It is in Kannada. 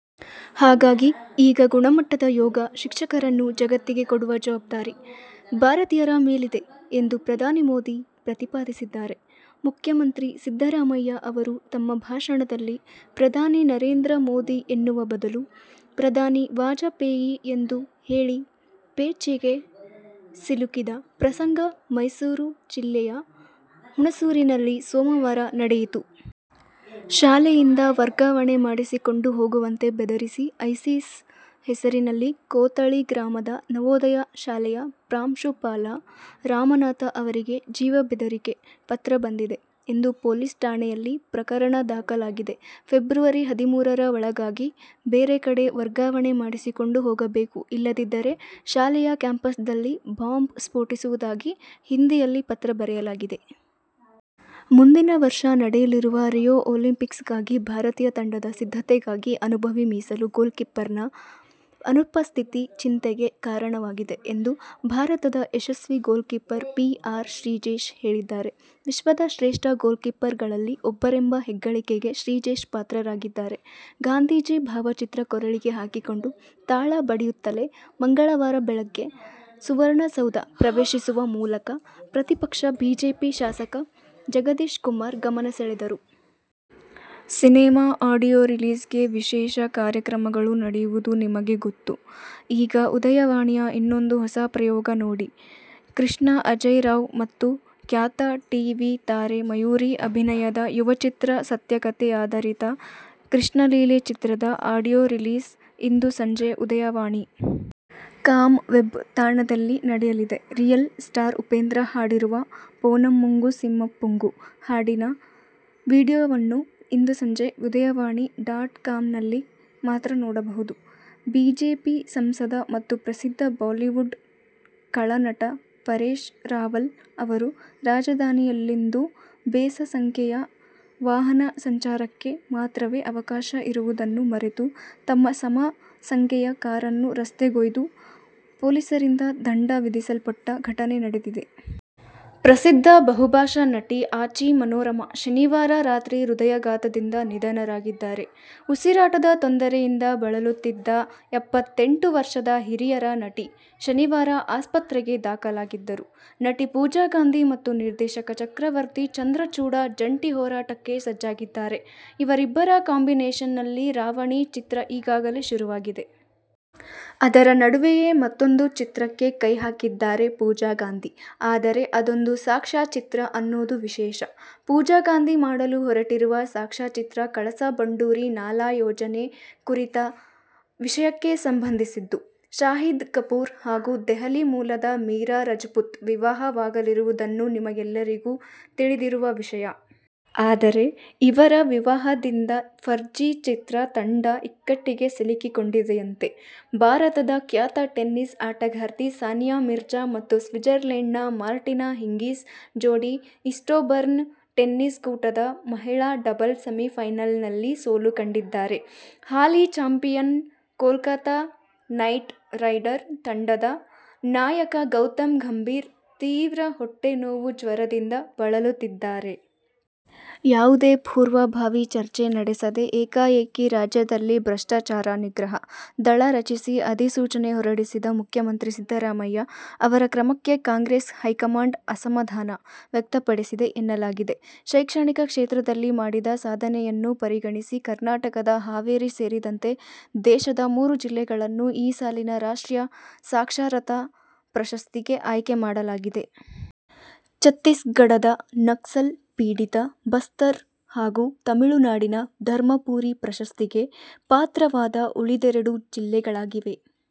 ಹಾಗಾಗಿ ಈಗ ಗುಣಮಟ್ಟದ ಯೋಗ ಶಿಕ್ಷಕರನ್ನು ಜಗತ್ತಿಗೆ ಕೊಡುವ ಜವಾಬ್ದಾರಿ ಭಾರತೀಯರ ಮೇಲಿದೆ ಎಂದು ಪ್ರಧಾನಿ ಮೋದಿ ಪ್ರತಿಪಾದಿಸಿದ್ದಾರೆ. ಮುಖ್ಯಮಂತ್ರಿ ಸಿದ್ದರಾಮಯ್ಯ ಅವರು ತಮ್ಮ ಭಾಷಣದಲ್ಲಿ ಪ್ರಧಾನಿ ನರೇಂದ್ರ ಮೋದಿ ಎನ್ನುವ ಬದಲು ಪ್ರಧಾನಿ ವಾಜಪೇಯಿ ಎಂದು ಹೇಳಿ ಪೇಚಿಗೆ ಸಿಲುಕಿದ ಪ್ರಸಂಗ ಮೈಸೂರು ಜಿಲ್ಲೆಯ ಹುಣಸೂರಿನಲ್ಲಿ ಸೋಮವಾರ ನಡೆಯಿತು. ಶಾಲೆಯಿಂದ ವರ್ಗಾವಣೆ ಮಾಡಿಸಿಕೊಂಡು ಹೋಗುವಂತೆ ಬೆದರಿಸಿ ಐಸಿಸ್ ಹೆಸರಿನಲ್ಲಿ ಕೋಥಳಿ ಗ್ರಾಮದ ನವೋದಯ ಶಾಲೆಯ ಪ್ರಾಂಶುಪಾಲ ರಮನಾಥ ಅವರಿಗೆ ಜೀವ ಬೆದರಿಕೆ ಪತ್ರ ಬಂದಿದೆ ಎಂದು ಪೊಲೀಸ್ ಠಾಣೆಯಲ್ಲಿ ಪ್ರಕರಣ ದಾಖಲಾಗಿದೆ. ಫೆಬ್ರವರಿ ಹದಿಮೂರರ ಒಳಗಾಗಿ ಬೇರೆ ಕಡೆ ವರ್ಗಾವಣೆ ಮಾಡಿಸಿಕೊಂಡು ಹೋಗಬೇಕು, ಇಲ್ಲದಿದ್ದರೆ ಶಾಲೆಯ ಕ್ಯಾಂಪಸ್ದಲ್ಲಿ ಬಾಂಬ್ ಸ್ಫೋಟಿಸುವುದಾಗಿ ಹಿಂದಿಯಲ್ಲಿ ಪತ್ರ ಬರೆಯಲಾಗಿದೆ. ಮುಂದಿನ ವರ್ಷ ನಡೆಯಲಿರುವ ರಿಯೋ ಒಲಿಂಪಿಕ್ಸ್ಗಾಗಿ ಭಾರತೀಯ ತಂಡದ ಸಿದ್ಧತೆಗಾಗಿ ಅನುಭವಿ ಮೀಸಲು ಗೋಲ್ಕೀಪರ್ನ ಅನುಪಸ್ಥಿತಿ ಚಿಂತೆಗೆ ಕಾರಣವಾಗಿದೆ ಎಂದು ಭಾರತದ ಯಶಸ್ವಿ ಗೋಲ್ಕೀಪರ್ ಪಿ ಆರ್ ಶ್ರೀಜೇಶ್ ಹೇಳಿದ್ದಾರೆ. ವಿಶ್ವದ ಶ್ರೇಷ್ಠ ಗೋಲ್ಕೀಪರ್ಗಳಲ್ಲಿ ಒಬ್ಬರೆಂಬ ಹೆಗ್ಗಳಿಕೆಗೆ ಶ್ರೀಜೇಶ್ ಪಾತ್ರರಾಗಿದ್ದಾರೆ. ಗಾಂಧೀಜಿ ಭಾವಚಿತ್ರ ಕೊರಳಿಗೆ ಹಾಕಿಕೊಂಡು ತಾಳ ಬಡಿಯುತ್ತಲೇ ಮಂಗಳವಾರ ಬೆಳಗ್ಗೆ ಸುವರ್ಣಸೌಧ ಪ್ರವೇಶಿಸುವ ಮೂಲಕ ಪ್ರತಿಪಕ್ಷ ಬಿಜೆಪಿ ಶಾಸಕ ಜಗದೀಶ್ಕುಮಾರ್ ಗಮನ ಸೆಳೆದರು. ಸಿನೆಮಾ ಆಡಿಯೋ ರಿಲೀಸ್ಗೆ ವಿಶೇಷ ಕಾರ್ಯಕ್ರಮಗಳು ನಡೆಯುವುದು ನಿಮಗೆ ಗೊತ್ತು. ಈಗ ಉದಯವಾಣಿಯ ಇನ್ನೊಂದು ಹೊಸ ಪ್ರಯೋಗ ನೋಡಿ. ಕೃಷ್ಣ ಅಜೇಯ್ ರಾವ್ ಮತ್ತು ಖ್ಯಾತ ಟಿ. ವಿ. ತಾರೆ ಮಯೂರಿ ಅಭಿನಯದ ಯುವಚಿತ್ರ, ಸತ್ಯಕಥೆಯಾಧಾರಿತ ಕೃಷ್ಣಲೀಲೆ ಚಿತ್ರದ ಆಡಿಯೋ ರಿಲೀಸ್ ಇಂದು ಸಂಜೆ ಉದಯವಾಣಿ. ಕಾಮ್ ವೆಬ್ ತಾಣದಲ್ಲಿ ನಡೆಯಲಿದೆ. ರಿಯಲ್ ಸ್ಟಾರ್ ಉಪೇಂದ್ರ ಹಾಡಿರುವ ಫೋನಮ್ಮುಂಗು ಸಿಮ್ಮಪ್ಪುಂಗು.. ಹಾಡಿನ ವಿಡಿಯೋವನ್ನು ಇಂದು ಸಂಜೆ ಉದಯವಾಣಿ ಡಾಟ್ ಕಾಮ್ನಲ್ಲಿ ಮಾತ್ರ ನೋಡಬಹುದು. ಬಿಜೆಪಿ ಸಂಸದ ಮತ್ತು ಪ್ರಸಿದ್ಧ ಬಾಲಿವುಡ್ ಖಳ ನಟ ಪರೇಶ್ ರಾವಲ್ ಅವರು ರಾಜಧಾನಿಯಲ್ಲಿಂದು ಬೆಸ ಸಂಖ್ಯೆಯ ವಾಹನ ಸಂಚಾರಕ್ಕೆ ಮಾತ್ರವೇ ಅವಕಾಶ ಇರುವುದನ್ನು ಮರೆತು ತಮ್ಮ ಸಮ ಸಂಖ್ಯೆಯ ಕಾರನ್ನು ರಸ್ತೆಗೊಯ್ದು ಪೊಲೀಸರಿಂದ ದಂಡ ವಿಧಿಸಲ್ಪಟ್ಟ ಘಟನೆ ನಡೆದಿದೆ. ಪ್ರಸಿದ್ಧ ಬಹುಭಾಷಾ ನಟಿ ಆಚಿ ಮನೋರಮಾ ಶನಿವಾರ ರಾತ್ರಿ ಹೃದಯಾಘಾತದಿಂದ ನಿಧನರಾಗಿದ್ದಾರೆ. ಉಸಿರಾಟದ ತೊಂದರೆಯಿಂದ ಬಳಲುತ್ತಿದ್ದ ಎಪ್ಪತೆಂಟು ವರ್ಷದ ಹಿರಿಯರ ನಟಿ ಶನಿವಾರ ಆಸ್ಪತ್ರೆಗೆ ದಾಖಲಾಗಿದ್ದರು. ನಟಿ ಪೂಜಾ ಗಾಂಧಿ ಮತ್ತು ನಿರ್ದೇಶಕ ಚಕ್ರವರ್ತಿ ಚಂದ್ರಚೂಡ ಜಂಟಿ ಹೋರಾಟಕ್ಕೆ ಸಜ್ಜಾಗಿದ್ದಾರೆ. ಇವರಿಬ್ಬರ ಕಾಂಬಿನೇಷನ್ನಲ್ಲಿ ರಾವಣಿ ಚಿತ್ರ ಈಗಾಗಲೇ ಶುರುವಾಗಿದೆ. ಅದರ ನಡುವೆಯೇ ಮತ್ತೊಂದು ಚಿತ್ರಕ್ಕೆ ಕೈ ಹಾಕಿದ್ದಾರೆ ಪೂಜಾ ಗಾಂಧಿ. ಆದರೆ, ಅದೊಂದು ಸಾಕ್ಷ್ಯಚಿತ್ರ ಅನ್ನೋದು ವಿಶೇಷ. ಪೂಜಾ ಗಾಂಧಿ ಮಾಡಲು ಹೊರಟಿರುವ ಸಾಕ್ಷ್ಯಚಿತ್ರ ಕಳಸಾ-ಬಂಡೂರಿ ನಾಲಾ ಯೋಜನೆ ಕುರಿತ ವಿಷಯಕ್ಕೆ ಸಂಬಂಧಿಸಿದ್ದು. ಶಾಹಿದ್ ಕಪೂರ್ ಹಾಗೂ ದೆಹಲಿ ಮೂಲದ ಮೀರಾ ರಜಪೂತ್ ವಿವಾಹವಾಗಲಿರುವುದನ್ನು ನಿಮ್ಮೆಗೆಲ್ಲರಿಗೂ ತಿಳಿದಿರುವ ವಿಷಯ. ಆದರೆ ಇವರ ವಿವಾಹದಿಂದ ಫರ್ಝಿ ಚಿತ್ರ ತಂಡ ಇಕ್ಕಟ್ಟಿಗೆ ಸಿಲುಕಿಕೊಂಡಿದೆಯಂತೆ. ಭಾರತದ ಖ್ಯಾತ ಟೆನ್ನಿಸ್ ಆಟಗಾರ್ತಿ ಸಾನಿಯಾ ಮಿರ್ಜಾ ಮತ್ತು ಸ್ವಿಜರ್ಲೆಂಡ್ನ ಮಾರ್ಟಿನಾ ಹಿಂಗಿಸ್ ಜೋಡಿ ಈಸ್ಟ್ಬೋರ್ನ್ ಟೆನ್ನಿಸ್ ಕೂಟದ ಮಹಿಳಾ ಡಬಲ್ಸ್ ಸೆಮಿಫೈನಲ್ನಲ್ಲಿ ಸೋಲು ಕಂಡಿದ್ದಾರೆ. ಹಾಲಿ ಚಾಂಪಿಯನ್ ಕೋಲ್ಕತಾ ನೈಟ್ ರೈಡರ್ ತಂಡದ ನಾಯಕ ಗೌತಮ್ ಗಂಭೀರ್ ತೀವ್ರ ಹೊಟ್ಟೆ ನೋವು ಜ್ವರದಿಂದ ಬಳಲುತ್ತಿದ್ದಾರೆ. ಯಾವುದೇ ಪೂರ್ವಭಾವಿ ಚರ್ಚೆ ನಡೆಸದೆ ಏಕಾಏಕಿ ರಾಜ್ಯದಲ್ಲಿ ಭ್ರಷ್ಟಾಚಾರ ನಿಗ್ರಹ ದಳ ರಚಿಸಿ ಅಧಿಸೂಚನೆ ಹೊರಡಿಸಿದ ಮುಖ್ಯಮಂತ್ರಿ ಸಿದ್ದರಾಮಯ್ಯ ಅವರ ಕ್ರಮಕ್ಕೆ ಕಾಂಗ್ರೆಸ್ ಹೈಕಮಾಂಡ್ ಅಸಮಾಧಾನ ವ್ಯಕ್ತಪಡಿಸಿದೆ ಎನ್ನಲಾಗಿದೆ. ಶೈಕ್ಷಣಿಕ ಕ್ಷೇತ್ರದಲ್ಲಿ ಮಾಡಿದ ಸಾಧನೆಯನ್ನು ಪರಿಗಣಿಸಿ ಕರ್ನಾಟಕದ ಹಾವೇರಿ ಸೇರಿದಂತೆ ದೇಶದ ಮೂರು ಜಿಲ್ಲೆಗಳನ್ನು ಈ ಸಾಲಿನ ರಾಷ್ಟ್ರೀಯ ಸಾಕ್ಷರತಾ ಪ್ರಶಸ್ತಿಗೆ ಆಯ್ಕೆ ಮಾಡಲಾಗಿದೆ. ಛತ್ತೀಸ್ಗಢದ ನಕ್ಸಲ್ ಪೀಡಿತ ಬಸ್ತರ್ ಹಾಗೂ ತಮಿಳುನಾಡಿನ ಧರ್ಮಪುರಿ ಪ್ರಶಸ್ತಿಗೆ ಪಾತ್ರವಾದ ಉಳಿದೆರಡು ಜಿಲ್ಲೆಗಳಾಗಿವೆ.